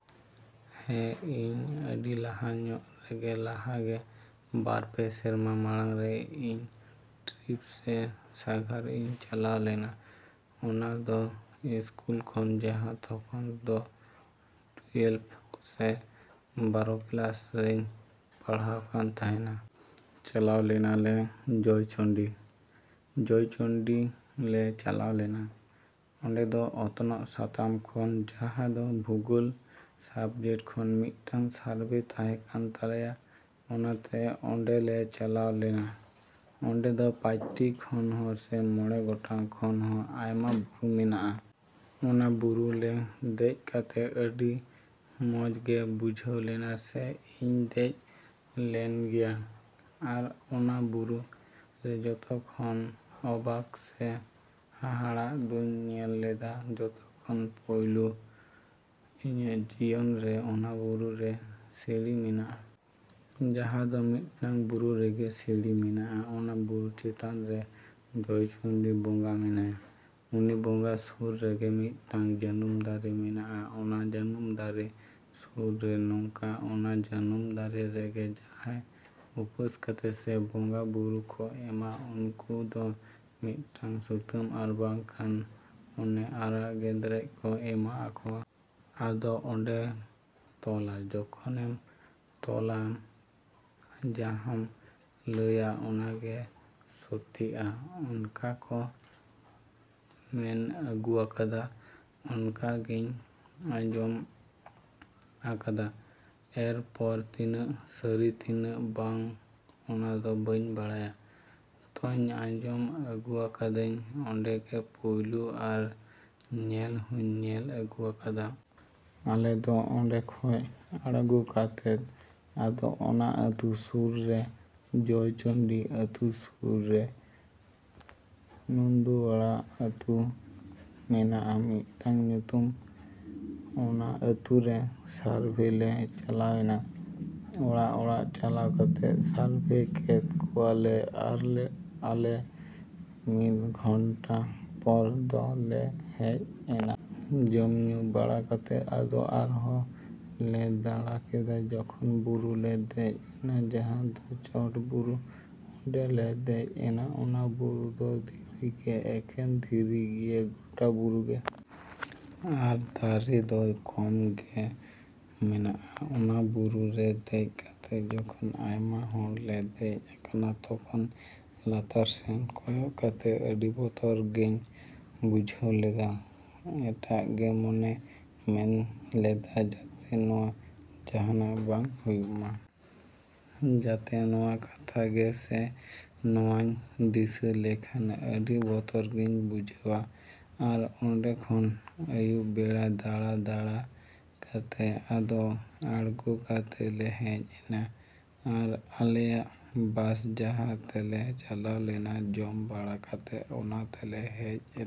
‎ᱦᱮᱸ, ᱤᱧ ᱟᱹᱰᱤ ᱞᱟᱦᱟ ᱧᱚᱜ ᱨᱮᱜᱮ, ᱞᱟᱦᱟ ᱜᱮ ᱵᱟᱨ ᱯᱮ ᱥᱮᱨᱢᱟ ᱢᱟᱲᱟᱝᱨᱮ ᱤᱧ ᱴᱨᱤᱯ ᱥᱮ ᱥᱟᱸᱜᱷᱟᱨ ᱤᱧ ᱪᱟᱞᱟᱣ ᱞᱮᱱᱟ᱾ ᱚᱱᱟ ᱫᱚ ᱤᱥᱠᱩᱞ ᱠᱷᱚᱱ, ᱡᱟᱦᱟᱸ ᱛᱚᱠᱷᱚᱱ ᱫᱚ ᱴᱩᱭᱮᱞᱵᱷ ᱥᱮ ᱵᱟᱨᱚ ᱠᱮᱞᱟᱥ ᱨᱮᱧ ᱯᱟᱲᱦᱟᱜ ᱠᱟᱱ ᱛᱟᱦᱮᱸᱱᱟ᱾ ᱪᱟᱞᱟᱣ ᱞᱮᱱᱟ ᱞᱮ ᱡᱚᱭᱪᱚᱱᱰᱤ᱾ ᱡᱚᱭᱪᱚᱱᱰᱤ ᱞᱮ ᱪᱟᱞᱟᱣ ᱞᱮᱱᱟ᱾ ᱚᱸᱰᱮ ᱫᱚ ᱚᱛᱱᱚᱜ ᱥᱟᱛᱟᱢ ᱠᱷᱚᱱ, ᱡᱟᱦᱟᱸ ᱫᱚ ᱵᱷᱩᱜᱳᱞ ᱥᱟᱵᱡᱮᱠᱴ ᱠᱷᱚᱱ ᱢᱤᱫᱴᱟᱝ ᱥᱟᱨᱵᱷᱮ ᱛᱟᱦᱮᱸ ᱠᱟᱱ ᱛᱟᱞᱮᱭᱟ᱾ ᱚᱱᱟᱛᱮ ᱚᱸᱰᱮ ᱞᱮ ᱪᱟᱞᱟᱣ ᱞᱮᱱᱟ᱾ ᱚᱸᱰᱮ ᱫᱚ ᱯᱟᱸᱪᱴᱤ ᱠᱷᱚᱱ ᱦᱚᱸ ᱥᱮ ᱢᱚᱬᱮ ᱜᱚᱴᱟᱝ ᱠᱷᱚᱱ ᱦᱚᱸ ᱟᱭᱢᱟ ᱵᱩᱨᱩ ᱢᱮᱱᱟᱜᱼᱟ᱾ ᱚᱱᱟ ᱵᱩᱨᱩ ᱞᱮ ᱫᱮᱡᱽ ᱠᱟᱛᱮ ᱟᱹᱰᱤ ᱢᱚᱡ ᱜᱮ ᱵᱩᱡᱷᱟᱹᱣ ᱞᱮᱱᱟ ᱥᱮ ᱤᱧ ᱫᱮᱡ ᱞᱮᱱ ᱜᱮᱭᱟ᱾ ᱟᱨ ᱚᱱᱟ ᱵᱩᱨᱩ ᱨᱮ ᱡᱚᱛᱚ ᱠᱷᱚᱱ ᱚᱵᱟᱠ ᱥᱮ ᱦᱟᱦᱟᱲᱟᱜ ᱫᱚᱧ ᱧᱮᱞ ᱞᱮᱫᱟ ᱡᱚᱛᱚ ᱠᱷᱚᱱ ᱯᱩᱭᱞᱳ ᱤᱧᱟᱹᱜ ᱡᱤᱭᱚᱱ ᱨᱮ ᱚᱱᱟ ᱵᱩᱨᱩ ᱨᱮ ᱥᱤᱲᱤ ᱢᱮᱱᱟᱜᱼᱟ᱾ ᱡᱟᱦᱟᱸ ᱫᱚ ᱢᱤᱫᱴᱟᱝ ᱵᱩᱨᱩ ᱨᱮᱜᱮ ᱥᱤᱲᱤ ᱢᱮᱱᱟᱜᱼᱟ᱾ ᱚᱱᱟ ᱵᱩᱨᱩ ᱪᱮᱛᱟᱱ ᱨᱮ ᱡᱚᱭᱪᱚᱱᱰᱤ ᱵᱚᱸᱜᱟ ᱢᱮᱱᱟᱭᱟ᱾ ᱩᱱᱤ ᱵᱚᱸᱜᱟ ᱥᱩᱨ ᱨᱮᱜᱮ ᱢᱤᱫᱴᱟᱝ ᱡᱟᱹᱱᱩᱢ ᱫᱟᱨᱮ ᱢᱮᱱᱟᱜᱼᱟ᱾ ᱚᱱᱟ ᱡᱟᱹᱱᱩᱢ ᱫᱟᱨᱮ ᱥᱩᱨ ᱨᱮ ᱱᱚᱝᱠᱟ ᱚᱱᱟ ᱡᱟᱹᱱᱩᱢ ᱫᱟᱨᱮ ᱨᱮᱜᱮ ᱡᱟᱦᱟᱭ ᱩᱯᱟᱹᱥ ᱠᱟᱛᱮ ᱥᱮ ᱵᱚᱸᱜᱟ ᱵᱩᱨᱩ ᱠᱚ ᱮᱢᱟ ᱩᱱᱠᱩ ᱫᱚ ᱢᱤᱫᱴᱟᱝ ᱥᱩᱛᱟᱹᱢ ᱟᱨ ᱵᱟᱠᱷᱟᱱ ᱚᱱᱮ ᱟᱨᱟᱜ ᱜᱮᱫᱨᱮᱡᱽ ᱠᱚ ᱮᱢᱟ ᱟᱠᱚᱣᱟ᱾ ᱟᱫᱚ ᱚᱸᱰᱮᱢ ᱛᱚᱞᱟ, ᱡᱚᱠᱷᱚᱱᱮᱢ ᱛᱚᱞᱟ ᱟᱢ ᱡᱟᱦᱟᱸᱢ ᱞᱟᱹᱭᱟ ᱚᱱᱟ ᱜᱮ ᱥᱚᱛᱤᱜᱼᱟ᱾ ᱚᱱᱠᱟ ᱠᱚ ᱢᱮᱱ ᱟᱹᱜᱩᱣᱟᱠᱟᱫᱟ, ᱚᱱᱠᱟ ᱜᱮᱧ ᱟᱡᱚᱢ ᱟᱠᱟᱫᱟ᱾ ᱮᱨᱯᱚᱨ ᱛᱤᱱᱟᱹᱜ ᱥᱟᱹᱨᱤ ᱛᱤᱱᱟᱹᱜ ᱵᱟᱝ ᱚᱱᱟ ᱫᱚ ᱵᱟᱹᱧ ᱵᱟᱲᱟᱭᱟ᱾ ᱛᱚᱧ ᱟᱸᱡᱚᱢ ᱟᱹᱜᱩᱣᱟᱠᱟᱫᱟᱹᱧ ᱚᱸᱰᱮ ᱜᱮ ᱯᱩᱭᱞᱩ ᱟᱨ ᱧᱮᱞ ᱦᱚᱧ ᱧᱮᱞ ᱟᱹᱜᱩᱣᱟᱠᱟᱫᱟ᱾ ᱟᱞᱮ ᱫᱚ ᱚᱸᱰᱮ ᱠᱷᱚᱡ ᱟᱲᱜᱚ ᱠᱟᱛᱮᱫ ᱟᱫᱚ ᱚᱱᱟ ᱟᱹᱛᱩ ᱥᱩᱨ ᱨᱮ, ᱡᱚᱭᱪᱚᱱᱰᱤ ᱟᱹᱛᱩ ᱥᱩᱨ ᱨᱮ ᱱᱩᱱᱫᱩᱣᱟᱲᱟ ᱟᱹᱛᱩ ᱢᱮᱱᱟᱜᱼᱟ ᱢᱤᱫᱴᱟᱝ ᱧᱩᱛᱩᱢ᱾ ᱚᱱᱟ ᱟᱹᱛᱩ ᱨᱮ ᱥᱟᱨᱵᱷᱮ ᱞᱮ ᱪᱟᱞᱟᱣᱮᱱᱟ᱾ ᱚᱲᱟᱜᱼᱚᱲᱟᱜ ᱪᱟᱞᱟᱣ ᱠᱟᱛᱮ ᱥᱟᱨᱵᱷᱮ ᱠᱮᱫ ᱠᱚᱣᱟ ᱞᱮ ᱟᱨ ᱟᱞᱮ ᱢᱤᱫ ᱜᱷᱚᱱᱴᱟ ᱯᱚᱨ ᱫᱚ ᱞᱮ ᱦᱮᱡ ᱮᱱᱟ᱾ ᱡᱚᱢ ᱧᱩ ᱵᱟᱲᱟ ᱠᱟᱛᱮ ᱟᱫᱚ ᱟᱨᱦᱚᱸ ᱞᱮ ᱫᱟᱸᱲᱟ ᱠᱮᱫᱟ᱾ ᱡᱚᱠᱷᱚᱱ ᱵᱩᱨᱩ ᱞᱮ ᱫᱮᱡᱽ ᱮᱱᱟ, ᱡᱟᱦᱟᱸ ᱫᱚ ᱪᱚᱴ ᱵᱩᱨᱩ ᱚᱸᱰᱮ ᱞᱮ ᱫᱮᱡ ᱮᱱᱟ᱾ ᱚᱱᱟ ᱵᱩᱨᱩ ᱫᱚ ᱫᱷᱤᱨᱤ ᱜᱮ, ᱮᱠᱷᱮᱱ ᱫᱷᱤᱨᱤ ᱜᱮᱭᱟ ᱜᱚᱴᱟ ᱵᱩᱨᱩ ᱜᱮ᱾ ᱟᱨ ᱫᱟᱨᱮ ᱫᱚ ᱠᱚᱢ ᱜᱮ ᱢᱮᱱᱟᱜᱼᱟ᱾ ᱚᱱᱟ ᱵᱩᱨᱩ ᱨᱮ ᱫᱮᱡ ᱠᱟᱛᱮ ᱡᱚᱠᱷᱚᱱ ᱟᱭᱢᱟ ᱦᱚᱲ ᱞᱮ ᱫᱮᱡ ᱟᱠᱟᱱᱟ, ᱛᱚᱠᱷᱚᱱ ᱞᱟᱛᱟᱨ ᱥᱮᱱ ᱠᱚᱭᱚᱜ ᱠᱟᱛᱮ ᱟᱹᱰᱤ ᱵᱚᱛᱚᱨ ᱜᱮᱧ ᱵᱩᱡᱷᱟᱹᱣ ᱞᱮᱫᱟ᱾ ᱮᱴᱟᱜ ᱜᱮ ᱢᱚᱱᱮ ᱢᱮᱱ ᱞᱮᱫᱟ ᱡᱟᱛᱮ ᱱᱚᱣᱟ ᱡᱟᱦᱟᱱᱟᱜ ᱵᱟᱝ ᱦᱩᱭᱩᱜ ᱢᱟ᱾ ᱡᱟᱛᱮ ᱱᱚᱣᱟ ᱠᱟᱛᱷᱟ ᱜᱮ ᱥᱮ ᱱᱚᱣᱟᱧ ᱫᱤᱥᱟᱹ ᱞᱮᱠᱷᱟᱱ ᱟᱹᱰᱤ ᱵᱚᱛᱚᱨ ᱜᱮᱧ ᱵᱩᱡᱷᱟᱹᱣᱟ᱾ ᱟᱨ ᱚᱸᱰᱮ ᱠᱷᱚᱱ ᱟᱭᱩᱵ ᱵᱮᱲᱟ ᱫᱟᱸᱲᱟ ᱫᱟᱸᱲᱟ ᱠᱟᱛᱮ ᱟᱫᱚ ᱟᱲᱜᱚ ᱠᱟᱛᱮ ᱞᱮ ᱦᱮᱡ ᱮᱱᱟ᱾ ᱟᱨ ᱟᱞᱮᱭᱟᱜ ᱵᱟᱥ ᱡᱟᱦᱟᱸ ᱛᱮᱞᱮ ᱪᱟᱞᱟᱣ ᱞᱮᱱᱟ, ᱡᱚᱢ ᱵᱟᱲᱟ ᱠᱟᱛᱮ ᱚᱱᱟ ᱛᱮᱞᱮ ᱦᱮᱡ ᱮᱱᱟ᱾।